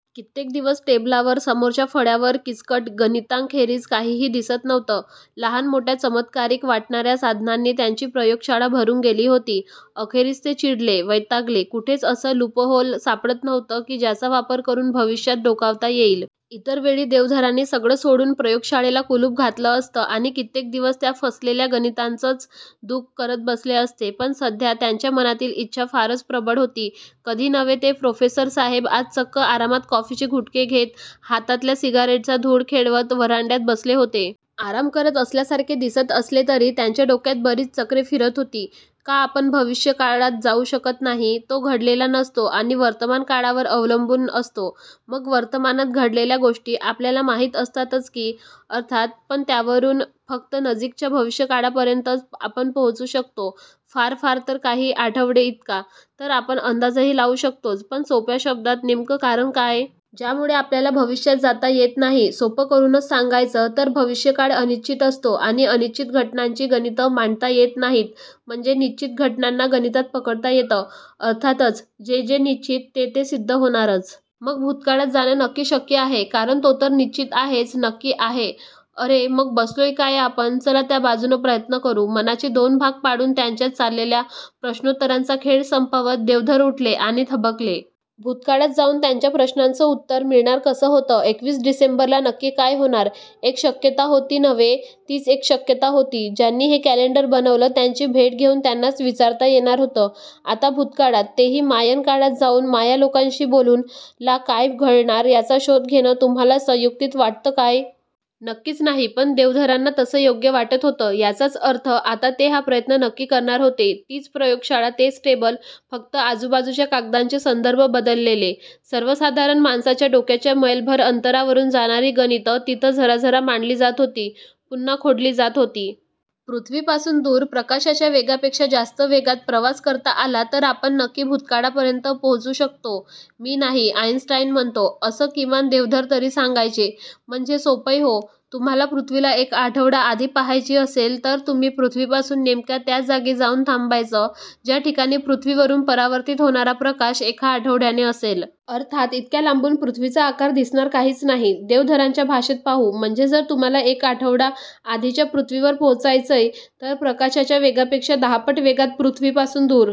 कित्येक दिवस टेबलावर, समोरच्या फळ्यावर किचकट गणितांखेरीज काहीही दिसत नव्हतं. लहान मोठ्या चमत्कारिक वाटणाऱ्या साधनांनी त्यांची प्रयोगशाळा भरून गेली होती. अखेरीस ते चिडले, वैतागले. कुठेच असं लूपहोल सापडत नव्हतं की ज्याचा वापर करून भविष्यात डोकावता येईल. इतरवेळी देवधरांनी सगळं सोडून प्रयोगशाळेला कुलूप घातलं असतं आणि कित्येक दिवस त्या फसलेल्या गणितांचंच दुःख करत बसले असते, पण सध्या त्यांच्या मनातली इच्छा फारच प्रबळ होती. कधी नव्हे ते प्रोफेसरसाहेब आज चक्क आरामात कॉफीचे घुटके घेत, हातातल्या सिगारेटचा धूर खेळवत व्हरांड्यात बसले होते. आराम करत असल्यासारखे दिसत असले तरी त्यांच्या डोक्यात बरीच चक्रे फिरत होती. का आपण भविष्यकाळात जाऊ शकत नाही? तो घडलेला नसतो आणि वर्तमानकाळावर अवलंबून असतो. मग वर्तमानात घडलेल्या गोष्टी आपल्याला माहीत असतातच की, अर्थात, पण त्यावरून फक्त नजीकच्या भविष्यकाळापर्यंतच आपण पोहोचू शकतो फार फार तर काही आठवडेइतका तर आपण अंदाजही लावू शकतोच, पण सोप्या शब्दात नेमकं कारण काय? ज्यामुळे आपल्याला भविष्यात जाता येत नाही. सोपं करूनच सांगायचं तर भविष्यकाळ अनिश्चित असतो, आणि अनिश्चित घटनांची गणितं मांडता येत नाहीत म्हणजे निश्चित घटनांना गणितात पकडता येतं? अर्थातच, जे जे निश्चित ते ते सिद्ध होणारच. मग भूतकाळात जाणं नक्की शक्य आहे, कारण तो तर निश्चित आहेच नक्की आहे अरे मग बसलोय काय आपण? चला त्या बाजूनं प्रयत्न करू. मनाचे दोन भाग पाडून त्यांच्यात चाललेल्या प्रश्नोत्तरांचा खेळ संपवत देवधर उठले आणि थबकले. भूतकाळात जाऊन त्यांच्या प्रश्नाचं उत्तर मिळणार कसं होतं? एकवीस डिसेंबरला नक्की काय होणार? एक शक्यता होती नव्हे तीच एक शक्यता होती. ज्यांनी हे कॅलेंडर बनवलं त्यांची भेट घेऊन त्यांनाच विचारता येणार होतं. आता भूतकाळात, तेही मायन काळात जाऊन माया लोकांशी बोलून ला काय घडणार याचा शोध घेणं तुम्हाला संयुक्तिक वाटतं काय? नक्कीच नाही, पण देवधरांना तसं योग्य वाटत होतं, याचाच अर्थ आता ते हा प्रयत्न नक्की करणार होते. तीच प्रयोगशाळा, तेच टेबल फक्त आजूबाजूच्या कागदांचे संदर्भ बदललेले. सर्वसाधारण माणसाच्या डोक्याच्या मैलभर अंतरावरून जाणारी गणितं तिथं झराझर मांडली जात होती, पुन्हा खोडली जात होती. पृथ्वीपासून दूर प्रकाशाच्या वेगापेक्षा जास्त वेगात प्रवास करता आला तर आपण नक्की भूतकाळापर्यंत पोहोचू शकतो. मी नाही आईन्स्टाईन म्हणतो असं किमान देवधर तरी सांगायचे. म्हणजे सोपंय हो, तुम्हाला पृथ्वीला एक आठवडा आधी पाहायची असेल तर तुम्ही पृथ्वीपासून नेमक्या त्या जागी जाऊन थांबायचं ज्या ठिकाणी पृथ्वीवरून परावर्तित होणारा प्रकाश एका आठवड्याने असेल. अर्थात इतक्या लांबून पृथ्वीचा आकार दिसणार काहीच नाही. देवधरांच्या भाषेत पाहू, म्हणजे जर तुम्हाला एक आठवडा आधीच्या पृथ्वीवर पोहोचायचंय तर प्रकाशाच्या वेगापेक्षा दहापट वेगात पृथ्वीपासून दूर